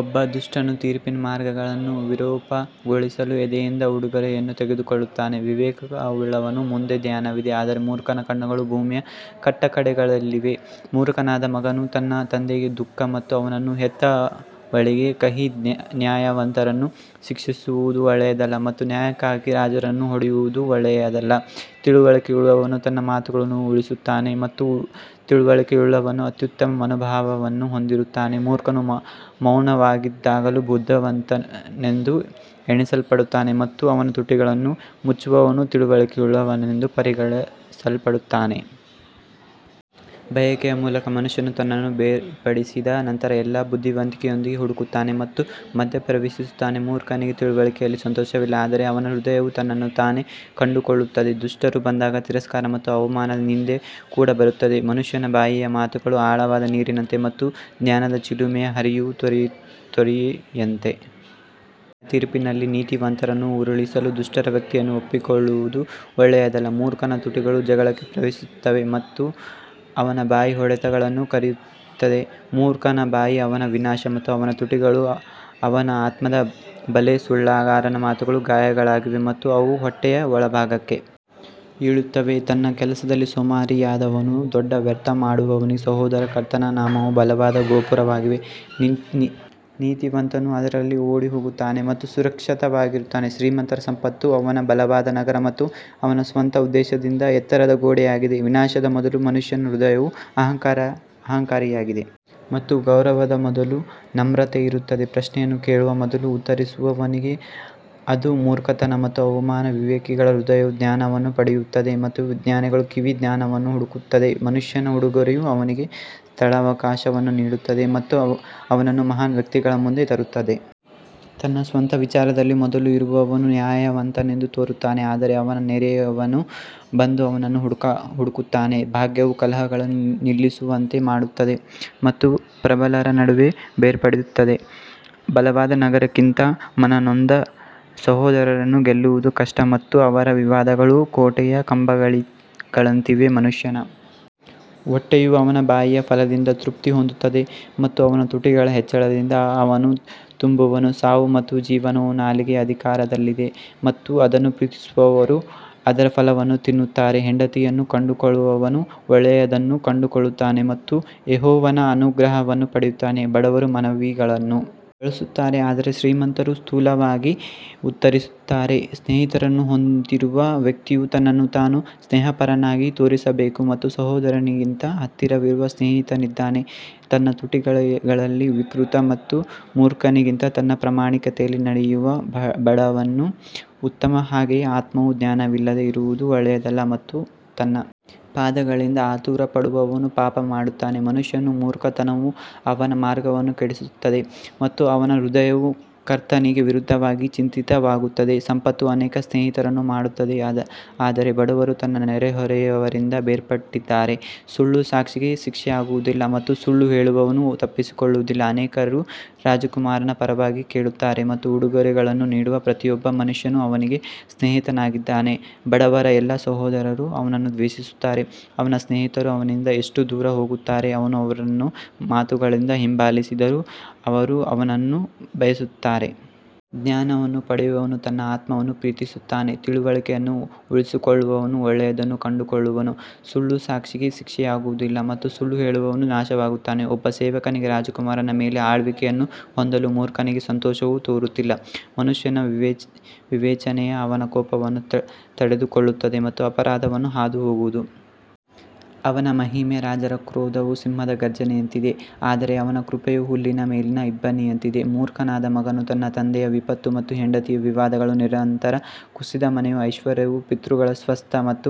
ಒಬ್ಬ ದುಷ್ಟನು ತೀರ್ಪಿನ ಮಾರ್ಗಗಳನ್ನು ವಿರೂಪಗೊಳಿಸಲು ಎದೆಯಿಂದ ಉಡುಗೊರೆಯನ್ನು ತೆಗೆದುಕೊಳ್ಳುತ್ತಾನೆ ವಿವೇಕವುಳ್ಳವನ ಮುಂದೆ ಜ್ಞಾನವಿದೆ ಆದರೆ ಮೂರ್ಖನ ಕಣ್ಣುಗಳು ಭೂಮಿಯ ಕಟ್ಟಕಡೆಗಳಲ್ಲಿವೆ ಮೂರ್ಖನಾದ ಮಗನು ತನ್ನ ತಂದೆಗೆ ದುಃಖ ಮತ್ತು ಅವನನ್ನು ಹೆತ್ತವಳಿಗೆ ಕಹಿ ನ್ಯಾಯವಂತರನ್ನು ಶಿಕ್ಷಿಸುವುದು ಒಳ್ಳೆಯದಲ್ಲ ಮತ್ತು ನ್ಯಾಯಕ್ಕಾಗಿ ರಾಜರನ್ನು ಹೊಡೆಯುವುದು ಒಳ್ಳೆಯದಲ್ಲ ತಿಳುವಳಿಕೆಯುಳ್ಳವನು ತನ್ನ ಮಾತುಗಳನ್ನು ಉಳಿಸುತ್ತಾನೆ ಮತ್ತು ತಿಳುವಳಿಕೆಯುಳ್ಳವನು ಅತ್ಯುತ್ತಮ ಮನೋಭಾವವನ್ನು ಹೊಂದಿರುತ್ತಾನೆ ಮೂರ್ಖನು ಮೌನವಾಗಿದ್ದಾಗಲೂ ಬುದ್ಧಿವಂತನೆಂದು ಎಣಿಸಲ್ಪಡುತ್ತಾನೆ ಮತ್ತು ಅವನ ತುಟಿಗಳನ್ನು ಮುಚ್ಚುವವನು ತಿಳುವಳಿಕೆಯುಳ್ಳವನೆಂದು ಪರಿಗಣಿಸಲ್ಪಡುತ್ತಾನೆ. ಬಯಕೆಯ ಮೂಲಕ ಮನುಷ್ಯನು ತನ್ನನ್ನು ಬೇರ್ಪಡಿಸಿದ ನಂತರ ಎಲ್ಲಾ ಬುದ್ಧಿವಂತಿಕೆಯೊಂದಿಗೆ ಹುಡುಕುತ್ತಾನೆ ಮತ್ತು ಮಧ್ಯಪ್ರವೇಶಿಸುತ್ತಾನೆ ಮೂರ್ಖನಿಗೆ ತಿಳುವಳಿಕೆಯಲ್ಲಿ ಸಂತೋಷವಿಲ್ಲ ಆದರೆ ಅವನ ಹೃದಯವು ತನ್ನನ್ನು ತಾನೇ ಕಂಡುಕೊಳ್ಳುತ್ತದೆ ದುಷ್ಟರು ಬಂದಾಗ ತಿರಸ್ಕಾರ ಮತ್ತು ಅವಮಾನದ ನಿಂದೆ ಕೂಡ ಬರುತ್ತದೆ ಮನುಷ್ಯನ ಬಾಯಿಯ ಮಾತುಗಳು ಆಳವಾದ ನೀರಿನಂತೆ ಮತ್ತು ಜ್ಞಾನದ ಚಿಲುಮೆಯು ಹರಿಯುವ ತೊರೆಯಂತೆ. ನ್ಯಾಯತೀರ್ಪಿನಲ್ಲಿ ನೀತಿವಂತರನ್ನು ಉರುಳಿಸಲು ದುಷ್ಟರ ವ್ಯಕ್ತಿಯನ್ನು ಒಪ್ಪಿಕೊಳ್ಳುವುದು ಒಳ್ಳೆಯದಲ್ಲ ಮೂರ್ಖನ ತುಟಿಗಳು ಜಗಳಕ್ಕೆ ಪ್ರವೇಶಿಸುತ್ತವೆ ಮತ್ತು ಅವನ ಬಾಯಿ ಹೊಡೆತಗಳನ್ನು ಕರೆಯುತ್ತದೆ ಮೂರ್ಖನ ಬಾಯಿ ಅವನ ವಿನಾಶ ಮತ್ತು ಅವನ ತುಟಿಗಳು ಅವನ ಆತ್ಮದ ಬಲೆ ಸುಳ್ಳುಗಾರನ ಮಾತುಗಳು ಗಾಯಗಳಾಗಿವೆ ಮತ್ತು ಅವು ಹೊಟ್ಟೆಯ ಒಳಭಾಗಕ್ಕೆ ಇಳಿಯುತ್ತವೆ ತನ್ನ ಕೆಲಸದಲ್ಲಿ ಸೋಮಾರಿಯಾದವನು ದೊಡ್ಡ ವ್ಯರ್ಥ ಮಾಡುವವನಿಗೆ ಸಹೋದರ ಕರ್ತನ ನಾಮವು ಬಲವಾದ ಗೋಪುರವಾಗಿದೆ, ನೀತಿವಂತನು ಅದರಲ್ಲಿ ಓಡಿಹೋಗುತ್ತಾನೆ ಮತ್ತು ಸುರಕ್ಷಿತವಾಗಿರುತ್ತಾನೆ ಶ್ರೀಮಂತರ ಸಂಪತ್ತು ಅವನ ಬಲವಾದ ನಗರ ಮತ್ತು ಅವನ ಸ್ವಂತ ಉದ್ದೇಶದಿಂದ ಎತ್ತರದ ಗೋಡೆಯಾಗಿದೆ ವಿನಾಶದ ಮೊದಲು ಮನುಷ್ಯನ ಹೃದಯವು ಅಹಂಕಾರಿಯಾಗಿದೆ ಮತ್ತು ಗೌರವದ ಮೊದಲು ನಮ್ರತೆ ಇರುತ್ತದೆ ಪ್ರಶ್ನೆಯನ್ನು ಕೇಳುವ ಮೊದಲು ಉತ್ತರಿಸುವವನಿಗೆ ಅದು ಮೂರ್ಖತನ ಮತ್ತು ಅವಮಾನ ವಿವೇಕಿಗಳ ಹೃದಯವು ಜ್ಞಾನವನ್ನು ಪಡೆಯುತ್ತದೆ ಮತ್ತು ಜ್ಞಾನಿಗಳ ಕಿವಿ ಜ್ಞಾನವನ್ನು ಹುಡುಕುತ್ತದೆ ಮನುಷ್ಯನ ಉಡುಗೊರೆಯು ಅವನಿಗೆ ಸ್ಥಳಾವಕಾಶವನ್ನು ನೀಡುತ್ತದೆ ಮತ್ತು ಅವನನ್ನು ಮಹಾನ್ ವ್ಯಕ್ತಿಗಳ ಮುಂದೆ ತರುತ್ತದೆ ತನ್ನ ಸ್ವಂತ ವಿಚಾರದಲ್ಲಿ ಮೊದಲು ಇರುವವನು ನ್ಯಾಯವಂತನೆಂದು ತೋರುತ್ತಾನೆ ಆದರೆ ಅವನ ನೆರೆಯವನು ಬಂದು ಅವನನ್ನು ಹುಡುಕುತ್ತಾನೆ ಭಾಗ್ಯವು ಕಲಹಗಳನ್ನು ನಿಲ್ಲಿಸುವಂತೆ ಮಾಡುತ್ತದೆ ಮತ್ತು ಪ್ರಬಲರ ನಡುವೆ ಬೇರ್ಪಡುತ್ತದೆ ಬಲವಾದ ನಗರಕ್ಕಿಂತ ಮನನೊಂದ ಸಹೋದರನನ್ನು ಗೆಲ್ಲುವುದು ಕಷ್ಟ ಮತ್ತು ಅವರ ವಿವಾದಗಳು ಕೋಟೆಯ ಕಂಬಗಳಂತಿವೆ ಮನುಷ್ಯನ ಹೊಟ್ಟೆಯು ಅವನ ಬಾಯಿಯ ಫಲದಿಂದ ತೃಪ್ತಿ ಹೊಂದುತ್ತದೆ ಮತ್ತು ಅವನ ತುಟಿಗಳ ಹೆಚ್ಚಳದಿಂದ ಅವನು ತುಂಬುವನು ಸಾವು ಮತ್ತು ಜೀವನವು ನಾಲಿಗೆಯ ಅಧಿಕಾರದಲ್ಲಿದೆ ಮತ್ತು ಅದನ್ನು ಪ್ರೀತಿಸುವವರು ಅದರ ಫಲವನ್ನು ತಿನ್ನುತ್ತಾರೆ ಹೆಂಡತಿಯನ್ನು ಕಂಡುಕೊಳ್ಳುವವನು ಒಳ್ಳೆಯದನ್ನು ಕಂಡುಕೊಳ್ಳುತ್ತಾನೆ ಮತ್ತು ಯೆಹೋವನ ಅನುಗ್ರಹವನ್ನು ಪಡೆಯುತ್ತಾನೆ ಬಡವರು ಮನವಿಗಳನ್ನು ಬಳಸುತ್ತಾರೆ ಆದರೆ ಶ್ರೀಮಂತರು ಸ್ಥೂಲವಾಗಿ ಉತ್ತರಿಸುತ್ತಾರೆ ಸ್ನೇಹಿತರನ್ನು ಹೊಂದಿರುವ ವ್ಯಕ್ತಿಯು ತನ್ನನ್ನು ತಾನು ಸ್ನೇಹಪರನಾಗಿ ತೋರಿಸಬೇಕು ಮತ್ತು ಸಹೋದರನಿಗಿಂತ ಹತ್ತಿರವಿರುವ ಸ್ನೇಹಿತನಿದ್ದಾನೆ ತನ್ನ ತುಟಿಗಳಲ್ಲಿ ವಿಕೃತ ಮತ್ತು ಮೂರ್ಖನಿಗಿಂತ ತನ್ನ ಪ್ರಾಮಾಣಿಕತೆಯಲ್ಲಿ ನಡೆಯುವ ಬಡವನು ಉತ್ತಮ ಹಾಗೆಯೇ ಆತ್ಮವು ಜ್ಞಾನವಿಲ್ಲದೆ ಇರುವುದು ಒಳ್ಳೆಯದಲ್ಲ ಮತ್ತು ತನ್ನ ಪಾದಗಳಿಂದ ಆತುರಪಡುವವನು ಪಾಪ ಮಾಡುತ್ತಾನೆ ಮನುಷ್ಯನ ಮೂರ್ಖತನವು ಅವನ ಮಾರ್ಗವನ್ನು ಕೆಡಿಸುತ್ತದೆ ಮತ್ತು ಅವನ ಹೃದಯವು ಕರ್ತನಿಗೆ ವಿರುದ್ಧವಾಗಿ ಚಿಂತಿತವಾಗುತ್ತದೆ ಸಂಪತ್ತು ಅನೇಕ ಸ್ನೇಹಿತರನ್ನು ಮಾಡುತ್ತದೆ ಆದರೆ ಬಡವರು ತನ್ನ ನೆರೆಹೊರೆಯವರಿಂದ ಬೇರ್ಪಟ್ಟಿದ್ದಾರೆ ಸುಳ್ಳು ಸಾಕ್ಷಿಗೆ ಶಿಕ್ಷೆಯಾಗುವುದಿಲ್ಲ ಮತ್ತು ಸುಳ್ಳು ಹೇಳುವವನು ತಪ್ಪಿಸಿಕೊಳ್ಳುವುದಿಲ್ಲ ಅನೇಕರು ರಾಜಕುಮಾರನ ಪರವಾಗಿ ಕೇಳುತ್ತಾರೆ ಮತ್ತು ಉಡುಗೊರೆಗಳನ್ನು ನೀಡುವ ಪ್ರತಿಯೊಬ್ಬ ಮನುಷ್ಯನು ಅವನಿಗೆ ಸ್ನೇಹಿತನಾಗಿದ್ದಾನೆ ಬಡವರ ಎಲ್ಲಾ ಸಹೋದರರು ಅವನನ್ನು ದ್ವೇಷಿಸುತ್ತಾರೆ, ಅವನ ಸ್ನೇಹಿತರು ಅವನಿಂದ ಎಷ್ಟು ದೂರ ಹೋಗುತ್ತಾರೆ, ಅವನು ಅವರನ್ನು ಮಾತುಗಳಿಂದ ಹಿಂಬಾಲಿಸಿದರೂ ಅವರು ಅವನನ್ನು ಬಯಸುತ್ತಾರೆ. ಜ್ಞಾನವನ್ನು ಪಡೆಯುವವನು ತನ್ನ ಆತ್ಮವನ್ನು ಪ್ರೀತಿಸುತ್ತಾನೆ, ತಿಳುವಳಿಕೆಯನ್ನು ಉಳಿಸಿಕೊಳ್ಳುವವನು ಒಳ್ಳೆಯದನ್ನು ಕಂಡುಕೊಳ್ಳುವನು ಸುಳ್ಳು ಸಾಕ್ಷಿಗೆ ಶಿಕ್ಷೆಯಾಗುವುದಿಲ್ಲ ಮತ್ತು ಸುಳ್ಳು ಹೇಳುವವನು ನಾಶವಾಗುತ್ತಾನೆ ಒಬ್ಬ ಸೇವಕನಿಗೆ ರಾಜಕುಮಾರರ ಮೇಲೆ ಆಳ್ವಿಕೆಯನ್ನು ಹೊಂದಲು ಮೂರ್ಖನಿಗೆ ಸಂತೋಷವು ತೋರುತ್ತಿಲ್ಲ ಮನುಷ್ಯನ ವಿವೇಚನೆಯು ಅವನ ಕೋಪವನ್ನು ತಡೆದುಕೊಳ್ಳುತ್ತದೆ ಮತ್ತು ಅಪರಾಧವನ್ನು ಹಾದುಹೋಗುವುದು ಅವನ ಮಹಿಮೆ ರಾಜರ ಕ್ರೋಧವು ಸಿಂಹದ ಘರ್ಜನೆಯಂತಿದೆ ಆದರೆ ಅವನ ಕೃಪೆಯು ಹುಲ್ಲಿನ ಮೇಲಿನ ಇಬ್ಬನಿಯಂತಿದೆ ಮೂರ್ಖನಾದ ಮಗನು ತನ್ನ ತಂದೆಯ ವಿಪತ್ತು ಮತ್ತು ಹೆಂಡತಿಯ ವಿವಾದಗಳು ನಿರಂತರ ಕುಸಿತ ಮನೆಯೂ ಐಶ್ವರ್ಯವೂ ಪಿತೃಗಳ ಸ್ವಾಸ್ತ್ಯ ಮತ್ತು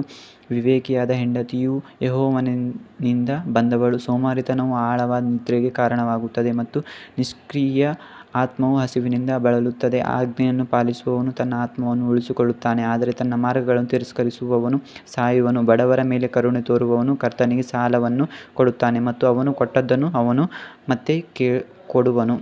ವಿವೇಕಿಯಾದ ಹೆಂಡತಿಯು ಯೆಹೋವನಿಂದ ಬಂದವಳು ಸೋಮಾರಿತನವು ಆಳವಾದ ನಿದ್ರೆಗೆ ಕಾರಣವಾಗುತ್ತದೆ ಮತ್ತು ನಿಷ್ಕ್ರಿಯ ಆತ್ಮವು ಹಸಿವಿನಿಂದ ಬಳಲುತ್ತದೆ ಆಜ್ಞೆಯನ್ನು ಪಾಲಿಸುವವನು ತನ್ನ ಆತ್ಮವನ್ನು ಉಳಿಸಿಕೊಳ್ಳುತ್ತಾನೆ ಆದರೆ ತನ್ನ ಮಾರ್ಗಗಳನ್ನು ತಿರಸ್ಕರಿಸುವವನು ಸಾಯುವನು ಬಡವರ ಮೇಲೆ ಕರುಣೆ ತೋರುವವನು ಕರ್ತನಿಗೆ ಸಾಲವನ್ನು ಕೊಡುತ್ತಾನೆ ಮತ್ತು ಅವನು ಕೊಟ್ಟದ್ದನ್ನು ಅವನು ಮತ್ತೆ ಕೊಡುವನು.